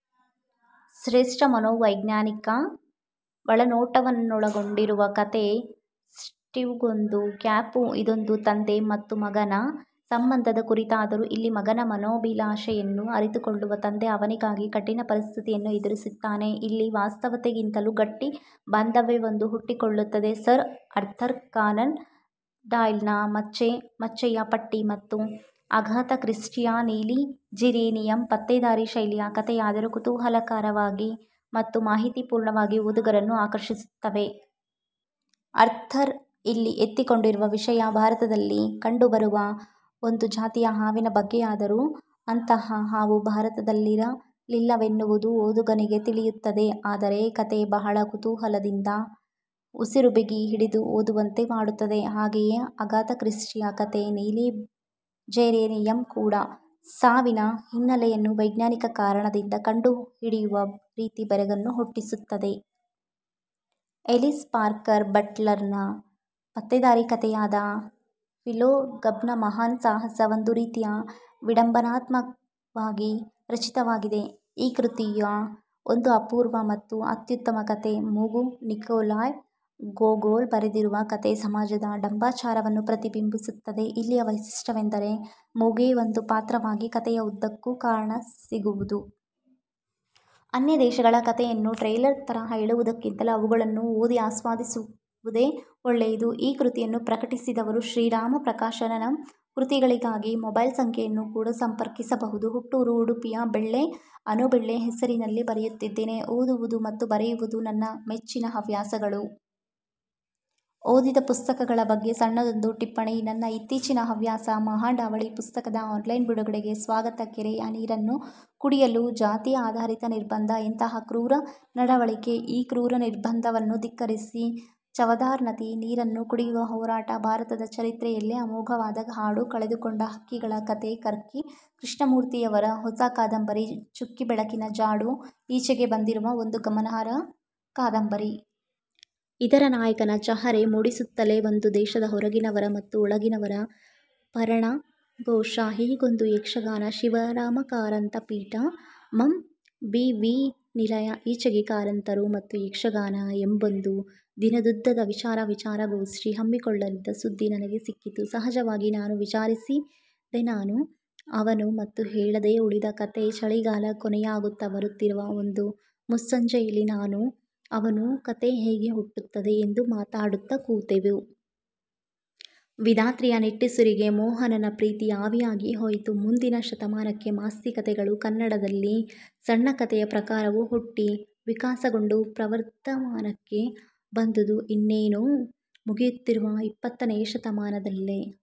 ಶ್ರೇಷ್ಠ ಮನೋ ವೈಜ್ಞಾನಿಕ ಒಳನೋಟವನ್ನೊಳಗೊಂಡಿರುವ ಕಥೆ 'ಸ್ಟೀವ್ಗೊಂದು ಕ್ಯಾಪು' ಇದೊಂದು ತಂದೆ ಮತ್ತು ಮಗನ ಸಂಬಂಧದ ಕುರಿತಾದರೂ ಇಲ್ಲಿ ಮಗನ ಮನೋಭಿಲಾಷೆಯನ್ನು ಅರಿತುಕೊಳ್ಳುವ ತಂದೆ ಅವನಿಗಾಗಿ ಕಠಿಣ ಪರಿಸ್ಥಿತಿಯನ್ನು ಎದುರಿಸುತ್ತಾನೆ. ಇಲ್ಲಿ ವಾಸ್ತವತೆಗಿಂತಲೂ ಗಟ್ಟಿ ಭಾಂದವ್ಯವೊಂದು ಹುಟ್ಟಿಕೊಳ್ಳುತ್ತದೆ. ಸರ್ ಅರ್ಥರ್ ಕಾನನ್ ಡಾಯ್ಲ್ನ 'ಮಚ್ಚೆ ಮಚ್ಚೆಯ ಪಟ್ಟಿ' ಮತ್ತು ಅಗಾಥ ಕ್ರಿಸ್ಟಿಯ 'ನೀಲಿ ಜೇರೇನಿಯಂ' ಪತ್ತೇದಾರಿ ಶೈಲಿಯ ಕಥೆಯಾದರೂ ಕುತೂಹಲಕರವಾಗಿ ಮತ್ತು ಮಾಹಿತಿಪೂರ್ಣವಾಗಿ ಓದುಗರನ್ನು ಆಕರ್ಷಿಸುತ್ತವೆ. ಅರ್ಥರ್ ಇಲ್ಲಿ ಎತ್ತಿಕೊಂಡಿರುವ ವಿಷಯ ಭಾರತದಲ್ಲಿ ಕಂಡು ಬರುವ ಒಂದು ಜಾತಿಯ ಹಾವಿನ ಬಗ್ಗೆಯಾದರೂ ಅಂತಹ ಹಾವು ಭಾರತದಲ್ಲಿರಲಿಲ್ಲವೆನ್ನುವುದು ಓದುಗನಿಗೆ ತಿಳಿಯುತ್ತದೆ. ಆದರೆ ಕಥೆ ಬಹಳ ಕುತೂಹಲದಿಂದ ಉಸಿರು ಬಿಗಿ ಹಿಡಿದು ಓದುವಂತೆ ಮಾಡುತ್ತದೆ. ಹಾಗೇಯೆ ಅಗಾಥ ಕ್ರಿಸ್ಟಿಯ ಕಥೆ 'ನೀಲಿ ಜೇರೆನಿಯಂ' ಕೂಡ. ಸಾವಿನ ಹಿನ್ನಲೆಯನ್ನು ವೈಜ್ಞಾನಿಕ ಕಾರಣದಿಂದ ಕಂಡುಹಿಡಿಯುವ ರೀತಿ ಬೆರಗನ್ನು ಹುಟ್ಟಿಸುತ್ತದೆ. ಎಲಿಸ್ ಪಾರ್ಕರ್ ಬಟ್ಲರ್ನ ಪತ್ತೇದಾರಿ ಕಥೆಯಾದ 'ಫಿಲೋ ಗಬ್ನ ಮಹಾನ್ ಸಾಹಸ' ಒಂದು ರೀತಿಯ ವಿಢಂಬನಾತ್ಮವಾಗಿ ರಚಿತವಾಗಿದೆ. ಈ ಕೃತಿಯ ಒಂದು ಅಪೂರ್ವ ಮತ್ತು ಅತ್ಯುತ್ತಮ ಕಥೆ 'ಮೂಗು', ನಿಕೊಲಾಯ್ ಗೊಗೊಲ್ ಬರೆದಿರುವ ಕಥೆ ಸಮಾಜದ ಢಂಬಾಚಾರವನ್ನು ಪ್ರತಿಬಿಂಬಿಸುತ್ತದೆ. ಇಲ್ಲಿಯ ವೈಶಿಷ್ಟ್ಯವೆಂದರೆ ಮೂಗೇ ಒಂದು ಪಾತ್ರವಾಗಿ ಕಥೆಯ ಉದ್ದಕ್ಕೂ ಕಾಣಸಿಗುವುದು. 'ಅನ್ಯ ದೇಶಗಳ' ಕಥೆಯನ್ನು ಟ್ರೇಲರ್ ತರಹ ಹೇಳುವುದಕ್ಕಿಂತಲೂ ಅವುಗಳನ್ನು ಓದಿ ಆಸ್ವಾದಿಸುವುದೇ ಒಳ್ಳೆಯದು. ಈ ಕೃತಿಯನ್ನು ಪ್ರಕಟಿಸಿದವರು ಶ್ರೀ ರಾಮ ಪ್ರಕಾಶನ, ನಂ. ಕೃತಿಗಳಿಗಾಗಿ ಮೊಬೈಲ್ ಸಂಖ್ಯೆಯನ್ನು ಕೂಡ ಸಂಪರ್ಕಿಸಬಹುದು. ಹುಟ್ಟೂರು ಉಡುಪಿಯ ಬೆಳ್ಳೆ; ಅನು ಬೆಳ್ಳೆ ಹೆಸರಿನಲ್ಲಿ ಬರೆಯುತ್ತಿದ್ದೇನೆ. ಓದುವುದು ಮತ್ತು ಬರೆಯುವುದು ನನ್ನ ಮೆಚ್ಚಿನ ಹವ್ಯಾಸಗಳು. ಓದಿದ ಪುಸ್ತಕಗಳ ಬಗ್ಗೆ ಸಣ್ಣದೊಂದು ಟಿಪ್ಪಣಿ ನನ್ನ ಇತ್ತಿಚೀನ ಹವ್ಯಾಸ. ಮಹಾಡ್ ಅವಳಿ ಪುಸ್ತಕದ ಆನ್ಲೈನ್ ಬಿಡುಗಡೆಗೆ ಸ್ವಾಗತ ಕೆರೆಯ ನೀರನ್ನು ಕುಡಿಯಲು ಜಾತಿ ಆಧಾರಿತ ನಿರ್ಬಂದ' ಎಂತಹ ಕ್ರೂರ ನಡವಳಿಕೆ. ಈ ಕ್ರೂರ ನಿರ್ಬಂಧವನ್ನು ಧಿಕ್ಕರಿಸಿ ಚವದಾರ್ ನದಿ ನೀರನ್ನು ಕುಡಿಯುವ ಹೋರಾಟ ಭಾರತದ ಚರಿತ್ರೆಯಲ್ಲೇ ಅಮೋಘವಾದ ಹಾಡು ಕಳೆದುಕೊಂಡ ಹಕ್ಕಿಗಳ ಕತೆ ಕರ್ಕಿ ಕೃಷ್ಣಮೂರ್ತಿಯವರ ಹೊಸ ಕಾದಂಬರಿ 'ಚುಕ್ಕಿ ಬೆಳಕಿನ ಜಾಡು' ಈಚೆಗೆ ಬಂದಿರುವ ಒಂದು ಗಮನಾರ್ಹ ಕಾದಂಬರಿ. ಇದರ ನಾಯಕನ ಚಹರೆ ಮೂಡಿಸುತ್ತಲೇ ಒಂದು ದೇಶದ 'ಹೊರಗಿನವರ' ಮತ್ತು 'ಒಳಗಿನವರ' ಪರಣಘೋಷ – ಹೀಗೊಂದು ಯಕ್ಷಗಾನ! ಶಿವರಾಮಕಾರಂತ ಪೀಠ, ಮಂವಿವಿನಿಲಯ ಈಚೆಗೆ 'ಕಾರಂತರು ಮತ್ತು ಯಕ್ಷಗಾನ' ಎಂಬೊಂದು ದಿನದುದ್ದದ ವಿಚಾರ ವಿಚಾರಗೋಷ್ಠಿ ಹಮ್ಮಿಕೊಳ್ಳಲಿದ್ದ ಸುದ್ಧಿ ನನಗೆ ಸಿಕ್ಕಿತು. ಸಹಜವಾಗಿ ನಾನು ವಿಚಾರಿಸಿದೆನಾನೂ ಅವನು ಮತ್ತು ಹೇಳದೇ ಉಳಿದ ಕತೆ ಚಳಿಗಾಲ ಕೊನೆಯಾಗುತ್ತಾ ಬರುತ್ತಿರುವ ಒಂದು ಮುಸ್ಸಂಜೆಯಲ್ಲಿ ನಾನೂ ಅವನೂ ಕತೆ ಹೇಗೆ ಹುಟ್ಟುತ್ತದೆ ಎಂದು ಮಾತಾಡುತ್ತಾ ಕೂತೆವು. ವಿಧಾತ್ರಿಯ ನಿಟ್ಟುಸಿರಿಗೆ ಮೋಹನನ ಪ್ರೀತಿ ಆವಿಯಾಗಿ ಹೋಯಿತು. ಮುಂದಿನ ಶತಮಾನಕ್ಕೆ ಮಾಸ್ತಿ ಕತೆಗಳು ಕನ್ನಡದಲ್ಲಿ ಸಣ್ಣಕಥೆಯ ಪ್ರಕಾರವು ಹುಟ್ಟಿ, ವಿಕಾಸಗೊಂಡು ಪ್ರವರ್ಧಮಾನಕ್ಕೆ ಬಂದುದು ಇನ್ನೇನು ಮುಗಿಯುತ್ತಿರುವ ಇಪ್ಪತ್ತನೆಯ ಶತಮಾನದಲ್ಲೆ.